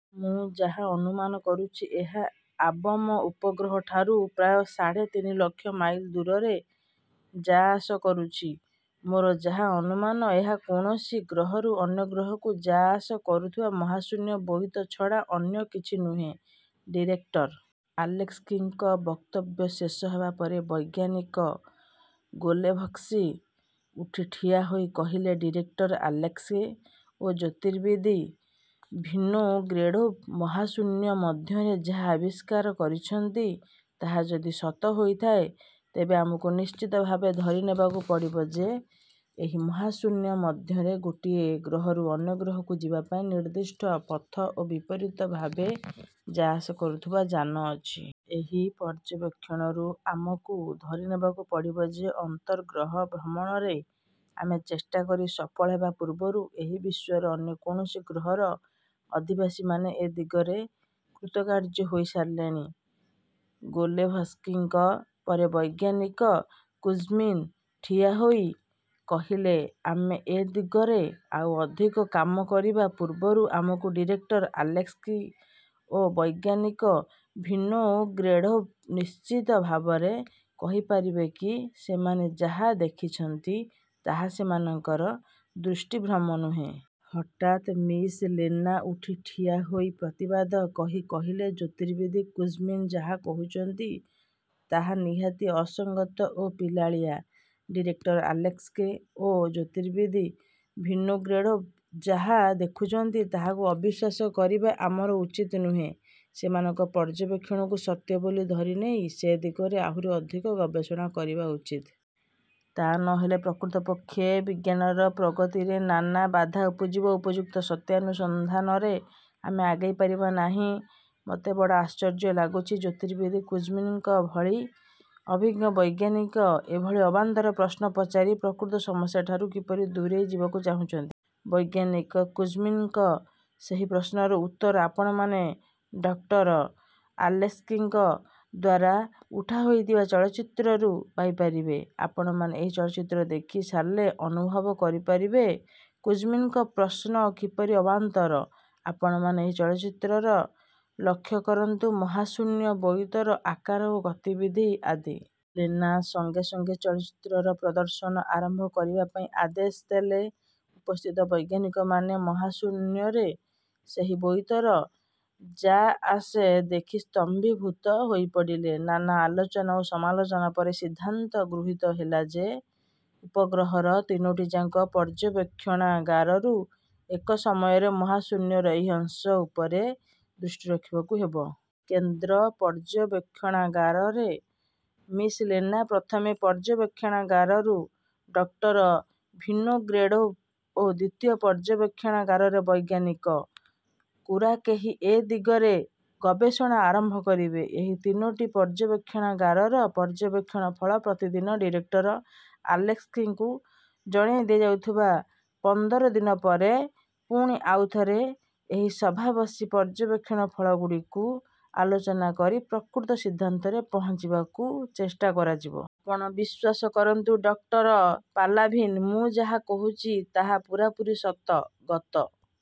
ମୁଁ ଯାହା ଅନୁମାନ କରୁଛି, ଏହା ଆବମ ଉପଗ୍ରହଠାରୁ ପ୍ରାୟ ସାଢ଼େ ତିନି ଲକ୍ଷ ମାଇଲ ଦୂରରେ ଯା-ଆସ କରୁଛି। ମୋର ଯାହା ଅନୁମାନ, ଏହା କୌଣସି ଗ୍ରହରୁ ଅନ୍ୟ ଗ୍ରହକୁ ଯା-ଆସ କରୁଥିବା ମହାଶୂନ୍ୟ ବୋଇତ ଛଡ଼ା ଅନ୍ୟ କିଛି ନୁହେଁ। '' ଡିରେକ୍ଟର ଆଲେସ୍କିଙ୍କ ବକ୍ତବ୍ୟ ଶେଷ ହେବା ପରେ ବୈଜ୍ଞାନିକ ଗୋଲେଭସ୍କି ଉଠି ଠିଆହୋଇ କହିଲେ, 'ଡିରେକ୍ଟର ଆଲେସ୍କି ଓ ଜ୍ୟୋତିର୍ବିତ୍ ଭିନୋଗ୍ରେଡ଼ୋଭ୍ ମହାଶୂନ୍ୟ ମଧ୍ୟରେ ଯାହା ଆବିଷ୍କାର କରିଛନ୍ତି, ତାହା ଯଦି ସତ ହୋଇଥାଏ ତେବେ ଆମକୁ ନିଶ୍ଚିତ ଭାବେ ଧରିନେବାକୁ ପଡ଼ିବ ଯେ, ଏହି ମହାଶୂନ୍ୟ ମଧ୍ୟରେ ଗୋଟିଏ ଗ୍ରହରୁ ଅନ୍ୟ ଗ୍ରହକୁ ଯିବାପାଇଁ ନିର୍ଦ୍ଦିଷ୍ଟ ପଥ ଓ ବିପରୀତ ଭାବେ ଯା-ଆସ କରୁଥିବା ଯାନ ଅଛି। ଏହି ପର୍ଯ୍ୟବେକ୍ଷଣରୁ ଆମକୁ ଧରିନେବାକୁ ପଡ଼ିବ ଯେ ଅନ୍ତର୍ଗହ ଭ୍ରମଣରେ ଆମେ ଚେଷ୍ଟା କରି ସଫଳ ହେବା ପୂର୍ବରୁ ଏହି ବିଶ୍ୱର ଅନ୍ୟ କୌଣସି ଗ୍ରହର ଅଧିବାସୀମାନେ ଏ ଦିଗରେ କୃତକାର୍ଯ୍ୟ ହୋଇ ସାରିଲେଣି। '' ଗୋଲେଭସ୍କିଙ୍କ ପରେ ବୈଜ୍ଞାନିକ କୁଜ୍ମିନ୍ ଠିଆହୋଇ କହିଲେ, ''ଆମେ ଏ ଦିଗରେ ଆଉ ଅଧିକ କାମ କରିବା ପୂର୍ବରୁ ଆମକୁ ଡିରେକ୍ଟର ଆଲେସ୍କି ଓ ବୈଜ୍ଞାନିକ ଭିନୋଗ୍ରେଡ଼ୋଭ୍ ନିଶ୍ଚିତ ଭାବରେ କହିପାରିବେ କି ସେମାନେ ଯାହା ଦେଖିଛନ୍ତି ତାହା ସେମାନଙ୍କର ଦୃଷ୍ଟିଭ୍ରମ ନୁହେଁ-? '' ହଠାତ୍ ମିସ୍ ଲେନା ଉଠି ଠିଆହୋଇ ପ୍ରତିବାଦ କହି କହିଲେ, ''ଜ୍ୟୋତିର୍ବିତ୍ କୁଜ୍ମିନ୍ ଯାହା କହୁଛନ୍ତି, ତାହା ନିହାତି ଅସଙ୍ଗତ ଓ ପିଲାଳିଆ। ଡିରେକ୍ଟର ଆଲେସ୍କି ଓ ଜ୍ୟୋତିର୍ବିତ୍ ଭିନୋଗ୍ରେଡ଼ୋଭ୍ ଯାହା ଦେଖିଛନ୍ତି, ତାହାକୁ ଅବିଶ୍ୱାସ କରିବା ଆମର ଉଚିତ ନୁହେଁ। ସେମାନଙ୍କ ପର୍ଯ୍ୟବେକ୍ଷଣକୁ ସତ୍ୟ ବୋଲି ଧରିନେଇ ସେ ଦିଗରେ ଆହୁରି ଅଧିକ ଗବେଷଣା କରିବା ଉଚିତ। ତା' ନହେଲେ ପ୍ରକୃତପକ୍ଷେ ବିଜ୍ଞାନର ପ୍ରଗତିରେ ନାନା ବାଧା ଉପୁଜିବ ଓ ଉପଯୁକ୍ତ ସତ୍ୟାନୁସନ୍ଧାନରେ ଆମେ ଆଗେଇ ପାରିବା ନାହିଁ। ମୋତେ ବଡ଼ ଆଶ୍ଚର୍ଯ୍ୟ ଲାଗୁଛି, ଜ୍ୟୋତିର୍ବିତ୍ କୁଜ୍ମିନ୍ଙ୍କ ଭଳି ଅଭିଜ୍ଞ ବୈଜ୍ଞାନିକ ଏଭଳି ଅବାନ୍ତର ପ୍ରଶ୍ନ ପଚାରି ପ୍ରକୃତ ସମସ୍ୟାଠାରୁ କିପରି ଦୂରେଇ ଯିବାକୁ ଚାହୁଁଛନ୍ତି। ବୈଜ୍ଞାନିକ କୁଜ୍ମିନ୍ଙ୍କ ସେହି ପ୍ରଶ୍ନର ଉତ୍ତର ଆପଣମାନେ ଡକ୍ଟର ଆଲେସ୍କିଙ୍କ ଦ୍ୱାରା ଉଠାହୋଇଥିବା ଚଳଚ୍ଚିତ୍ରରୁ ପାଇ ପାରିବେ। ଆପଣମାନେ ଏହି ଚଳଚ୍ଚିତ୍ର ଦେଖି ସାରିଲେ ଅନୁଭବ କରିପାରିବେ କୁଜ୍ମିନ୍ଙ୍କ ପ୍ରଶ୍ନ କିପରି ଅବାନ୍ତର! ଆପଣମାନେ ଏହି ଚଳଚ୍ଚିତ୍ରର ଲକ୍ଷ୍ୟ କରନ୍ତୁ ମହାଶୂନ୍ୟ ବୋଇତର ଆକାର ଓ ଗତିବିଧି ଆଦି। '' ଲେନା ସଙ୍ଗେ ସଙ୍ଗେ ଚଳଚ୍ଚିତ୍ରର ପ୍ରଦର୍ଶନ ଆରମ୍ଭ କରିବା ପାଇଁ ଆଦେଶ ଦେଲେ। ଉପସ୍ଥିତ ବୈଜ୍ଞାନିକମାନେ ମହାଶୂନ୍ୟରେ ସେହି ବୋଇତର ଯା' ଆସ ଦେଖି ସ୍ତମ୍ଭୀଭୂତ ହୋଇପଡ଼ିଲେ। ନାନା ଆଲୋଚନା ଓ ସମାଲୋଚନା ପରେ ସିନ୍ଧାନ୍ତ ଗୃହୀତ ହେଲା ଯେ, ଉପଗଗ୍ରହର ତିନୋଟିଯାକ ପର୍ଯ୍ୟବେକ୍ଷଣାଗାରରୁ ଏକ ସମୟରେ ମହାଶୂନ୍ୟର ଏହି ଅଂଶ ଉପରେ ଦୃଷ୍ଟି ରଖିବାକୁ ହେବ। କେନ୍ଦ୍ର ପର୍ଯ୍ୟବେକ୍ଷଣାଗାରରେ ମିସ୍ ଲେନା, ପ୍ରଥମେ ପର୍ଯ୍ୟବେକ୍ଷଣାଗାରରୁ ଡକ୍ଟର ଭିନୋଗ୍ରେଡ଼ୋଭ୍ ଓ ଦ୍ୱିତୀୟ ପର୍ଯ୍ୟବେକ୍ଷଣାଗାରରେ ବୈଜ୍ଞାନିକ। କୁରାକେହି ଏ ଦିଗରେ ଗବେଷଣା ଆରମ୍ଭ କରିବେ। ଏହି ତିନୋଟି ପର୍ଯ୍ୟବେକ୍ଷଣାଗାରର ପର୍ଯ୍ୟବେକ୍ଷଣ ଫଳ ପ୍ରତିଦିନ ଡିରେକ୍ଟର ଆଲେସ୍କିଙ୍କୁ ଜଣାଇ ଦିଆଯାଉଥିବ। ପନ୍ଦର ଦିନ ପରେ ପୁଣି ଆଉ ଥରେ ଏହି ସଭା ବସି ପର୍ଯ୍ୟବେକ୍ଷଣ ଫଳଗୁଡ଼ିକୁ ଆଲୋଚନା କରି ପ୍ରକୃତ ସିଦ୍ଧାନ୍ତରେ ପହଞ୍ଚିବାକୁ ଚେଷ୍ଟା କରାଯିବ। ''ଆପଣ ବିଶ୍ୱାସ କରନ୍ତୁ. ଡକ୍ଟର ପାଲାଭିନ୍, ମୁଁ ଯାହା କହୁଛି ତାହା ପୂରାପୂରି ସତ। ଗତ